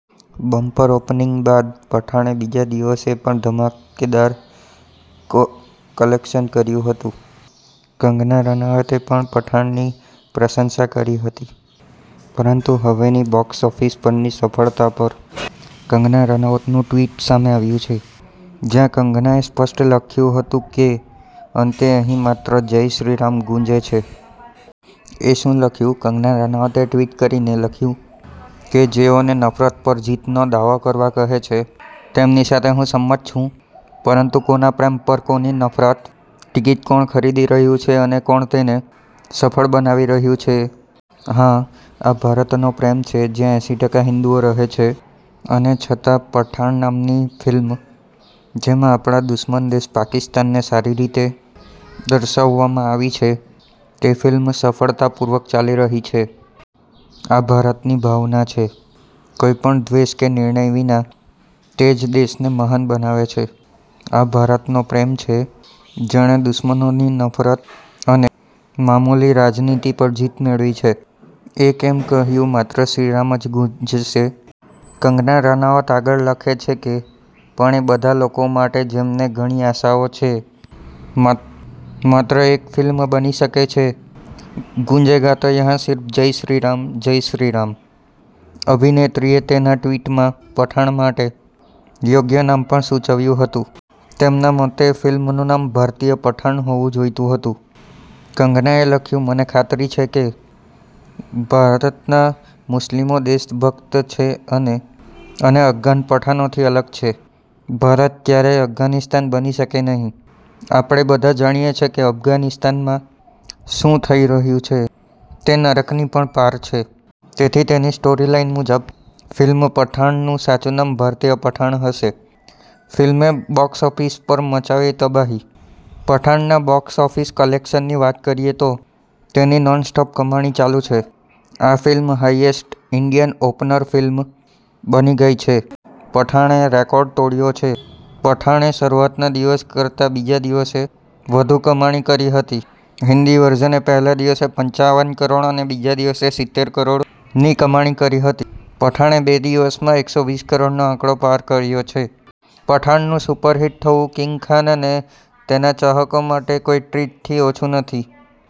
Bumper opening બાદ પઠાણે બીજા ડીવસે પણ ઢમાકેદાર ક કલેક્શન કર્યું હટુ. કંગના રનૌટે પણ પઠાણની પ્રશંસા કરી હટી. પરંતુ હવે ની બોક્સ ઓફિસ પરની સફળતા પર કંગના રનૌટનું ટ્વિટ સામે આવ્યું છે. જ્યાં કંગનાએ સ્પષ્ટ લખ્યું હતું કે અંતે અહીં માત્ર જય શ્રી રામ ગુંજે છે. એ શું લખ્યું? કંગના રનૌટે ટ્વીટ કરીને લખ્યું કે, જેઓ ને નફરત પર જીતનો દાવો કરવા કહે છે તેમની સાથે હું સંમત છું, પરંતુ કોના પ્રેમ પર કોની નફરત? ટિકિટ કોણ ખરીદી રહ્યું છે અને કોણ તેને સફળ બનાવી રહ્યું છે? હા, આ ભારતનો પ્રેમ છે, જ્યાં એસી ટકા હિંદુઓ રહે છે અને છતાં પઠાણ નામની ફિલ્મ, જેમાં આપણા દુશ્મન દેશ પાકિસ્તાન ને સારી રીતે દર્શાવવામાં આવી છે, તે ફિલ્મ સફળતાપૂર્વક ચાલી રહી છે. આ ભારતની ભાવના છે. કોઈપણ દ્વેષ કે નિર્ણય વિના તે જ દેશને મહાન બનાવે છે. આ ભારતનો પ્રેમ છે જેણે દુશ્મનોની નફરત અને મામૂલી રાજનીતિ પર જીત મેળવી છે. એ કેમ કહ્યું માત્ર શ્રીરામ જ ગુંજશે? કંગના રનૌત આગળ લખે છે કે પણ એ બધા લોકો માટે જેમને ઘણી આશાઓ છે માત્ર એક ફિલ્મ બની શકે છે ગુંજેગા તો યહાં સિર્ફ જય શ્રી રામ, જય શ્રી રામ. અભિનેત્રીએ તેના ટ્વીટમાં પઠાણ માટે યોગ્ય નામ પણ સૂચવ્યું હતું. તેમના મતે ફિલ્મનું નામ ભારતીય પઠાણ હોવું જોઈતું હતું. કંગનાએ લખ્યું, 'મને ખાતરી છે કે, ભારતના મુસ્લિમો દેશભક્ત છે અને અને અફઘાન પઠાનોથી અલગ છે. ભારત ક્યારેય અફઘાનિસ્તાન બની શકે નહીં. આપણે બધા જાણીએ છે કે અફઘાનિસ્તાનમાં શું થઈ રહ્યું છે, તે નરકની પણ પાર છે. તેથી તેની સ્ટોરીલાઇન મુજબ ફિલ્મ પઠાણનું સાચું નામ ભારતીય પઠાણ હશે.' ફિલ્મે બોક્સ ઓફિસ પર મચાવી તબાહી- પઠાણના બોક્સ ઓફિસ કલેક્શનની વાત કરીએ તો તેની નોનસ્ટોપ કમાણી ચાલુ છે. આ film highest Indian opener film બની ગઈ છે. પઠાણે રેકોર્ડ તોડ્યો છે. પઠાણે શરૂઆતના દિવસ કરતાં બીજા દિવસે વધુ કમાણી કરી હતી. હિન્દી વર્ઝને પહેલા દિવસે પંચાવન કરોડ અને બીજા દિવસે સિતેર કરોડની કમાણી કરી હતી. પઠાણે બે દિવસમાં એકસો વીસ કરોડનો આંકડો પાર કર્યો છે. પઠાણનું સુપરહિટ થવું કિંગ ખાન અને તેના ચાહકો માટે કોઈ ટ્રીટથી ઓછું નથી.